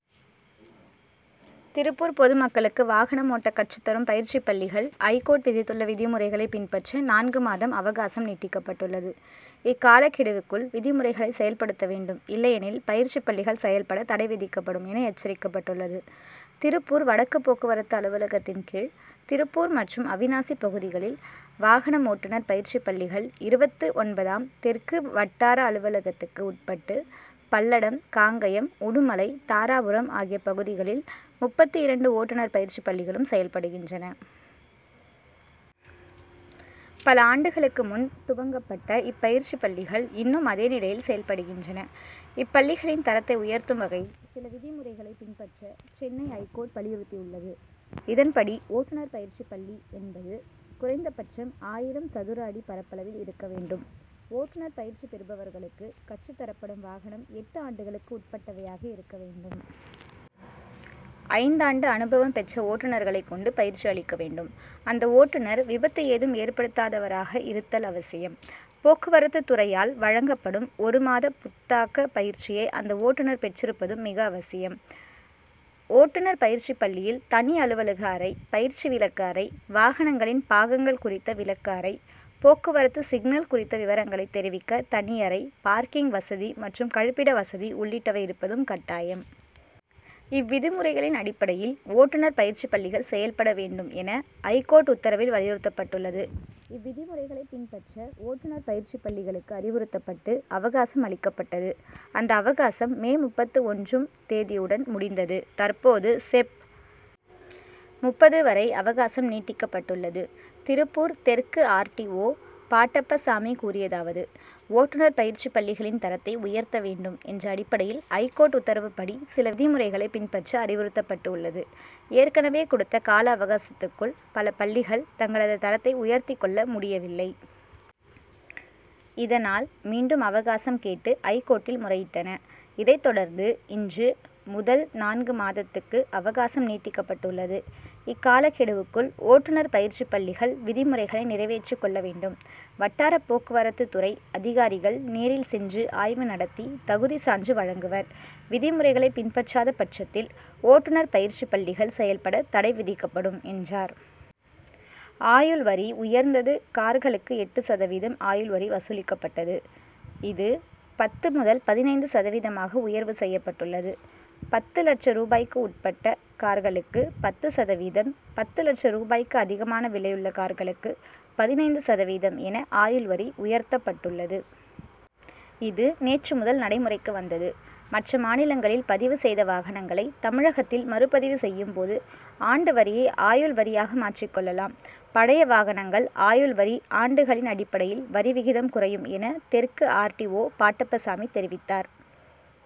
திருப்பூர் பொதுமக்களுக்கு வாகனம் ஓட்ட கற்றுத்தரும் பயிற்சி பள்ளிகள், ஐகோர்ட் விதித் துள்ள விதிமுறைகளை பின் பற்ற நான்கு மாதம் அவகாசம் நீட்டிக்கப்பட்டுள்ளது. இக் காலக்கெடுவுக்குள் விதி முறைகளை செயல்படுத்த வேண்டும். இல்லையெனில், பயிற்சி பள்ளிகள் செயல்பட தடை விதிக்கப்படும் என எச்சரிக்கப்பட்டுள்ளது. திருப்பூர் வடக்கு போக்கு வரத்து அலுவலகத்தின் கீழ் திருப்பூர் மற்றும் அவிநாசி பகுதிகளில் வாகனம் ஓட்டுனர் பயிற்சி பள்ளிகள் இருபத்து ஒன்பதாம், தெற்கு வட்டார அலுவலகத்துக்கு உட்பட்டு பல்லடம், காங்கயம், உடுமலை, தாராபுரம் ஆகிய பகுதிகளில் முப்பத்து இரண்டு ஓட்டுனர் பயிற்சி பள்ளிகளும் செயல்படுகின்றன. பல ஆண்டுகளுக்கு முன் துவங்கப்பட்ட இப்பயிற்சி பள்ளிகள், இன்னும் அதே நிலையில் செயல்படுகின்றன. இப்பள்ளிகளின் தரத்தை உயர்த்தும் வகையில், சில விதி முறைகளை பின்பற்ற சென்னை ஐகோர்ட் வலியுறுத்தி உள்ளது. இதன்படி, ஓட்டுனர் பயிற்சி பள்ளி என் பது குறைந்தபட்சம் ஆயிரம் சதுர அடி பரப்பளவில் இருக்க வேண் டும்; ஓட்டுனர் பயிற்சி பெறுபவர் களுக்கு கற்றுத்தரப்படும் வாக னம், எட்டு ஆண்டுகளுக்கு உட் பட்டவையாக இருக்க வேண்டும். ஐந்தாண்டு அனுபவம் பெற்ற ஓட்டுனர்களை கொண்டு, பயிற்சி அளிக்க வேண்டும். அந்த ஓட்டுனர், விபத்து ஏதும் ஏற்படுத் தாதவராக இருத்தல் அவசியம். போக்குவரத்து துறையால் வழங்கப்படும் ஒரு மாத புத் தாக்க பயிற்சியை அந்த ஓட்டுனர் பெற்றிருப்பதும் மிக அவசியம். ஓட்டுனர் பயிற்சி பள்ளியில் தனி அலுவலக அறை, பயிற்சி விளக்க அறை, வாகனங்களின் பாகங்கள் குறித்த விளக்க அறை, போக்குவரத்து சிக்னல் குறித்த விபரங்களை தெரிவிக்க தனி அறை, பார்க்கிங் வசதி மற்றும் கழிப்பிட வசதி உள்ளிட்டவை இருப்பதும் கட்டாயம். இவ்விதி முறைகளின் அடிப்படையில், ஓட்டுனர் பயிற்சி பள்ளிகள் செயல்பட வேண்டும் என, ஐகோர்ட் உத்தரவில் வலியுறுத்தப் பட்டுள்ளது. இவ்விதிமுறைகளை பின் பற்ற, ஓட்டுனர் பயிற்சி பள்ளி களுக்கு அறிவுறுத்தப்பட்டு, அவகாசம் அளிக்கப்பட்டது; அந்த அவகாசம், மே முப்பத்து ஒன்று ம் தேதியுடன் முடிந்தது. தற்போது, செப்., முப்பது வரை அவகாசம் நீட்டிக்கப்பட்டுள்ளது. திருப்பூர் தெற்கு ஆர். டி. ஓ. பாட்டப்பசாமி கூறியதாவது ஓட்டுனர் பயிற்சி பள்ளிகளின் தரத்தை உயர்த்த வேண்டும் என்ற அடிப்படையில் ஐகோர்ட் உத்தரவுப் படி, சில விதிமுறைகளை பின் பற்ற அறிவுறுத்தப்பட்டு உள்ளது. ஏற்கனவே கொடுத்த கால அவகாசத்துக்குள் பல பள்ளிகள், தங்களது தரத்தை உயர்த்திக் கொள்ள முடியவில்லை. இத னால், மீண்டும் அவகாசம் கேட்டு ஐகோர்ட்டில் முறையிட்டன. இதைத்தொடர்ந்து இன்று முதல் நான்கு மாதத் துக்கு அவகாசம் நீட்டிக்கப்பட்டு உள்ளது. இக்கால கெடுவுக்குள் ஓட்டுனர் பயிற்சி பள்ளிகள் விதிமுறைகளை நிறைவேற்றிக் கொள்ள வேண்டும். வட்டார போக்குவரத்து துறை அதிகாரி கள் நேரில் சென்று ஆய்வு நடத்தி, தகுதி சான்று வழங்குவர், விதிமுறைகளை பின்பற்றாத பட்சத்தில், ஓட்டுனர் பயிற்சி பள்ளிகள் செயல்பட தடை விதிக்கப்படும், என்றார். ஆயுள் வரி உயர்ந்தது கார்களுக்கு எட்டு சதவீதம் ஆயுள் வரி வசூலிக்கப்பட்டது. இது, பத்து முதல் பதினைந்து சதவீதமாக உயர்வு செய்யப்பட்டுள்ளது. பத்து லட்சம் ரூபாய்க்கு உட்பட்ட கார்களுக்கு பத்து சத வீதம், பத்து லட்சம் ரூபாய்க்கு அதிகமான விலையுள்ள கார்களுக்கு பதினைந்து சதவீதம் என ஆயுள் வரி உயர்த்தப்பட் டுள்ளது. இது, நேற்று முதல் நடைமுறைக்கு வந்தது. மற்ற மாநிலங்களில் பதிவு செய்த வாகனங்களை, தமிழகத்தில் மறுபதிவு செய்யும் போது, ஆண்டு வரியை ஆயுள் வரியாக மாற்றிக் கொள்ள லாம். பழைய வாகனங்கள் ஆயுள் வரி, ஆண்டுகளின் அடிப்படையில் வரி விகிதம் குறையும் என தெற்கு ஆர். டி. ஓ. பாட்டப்பசாமி தெரிவித்தார்.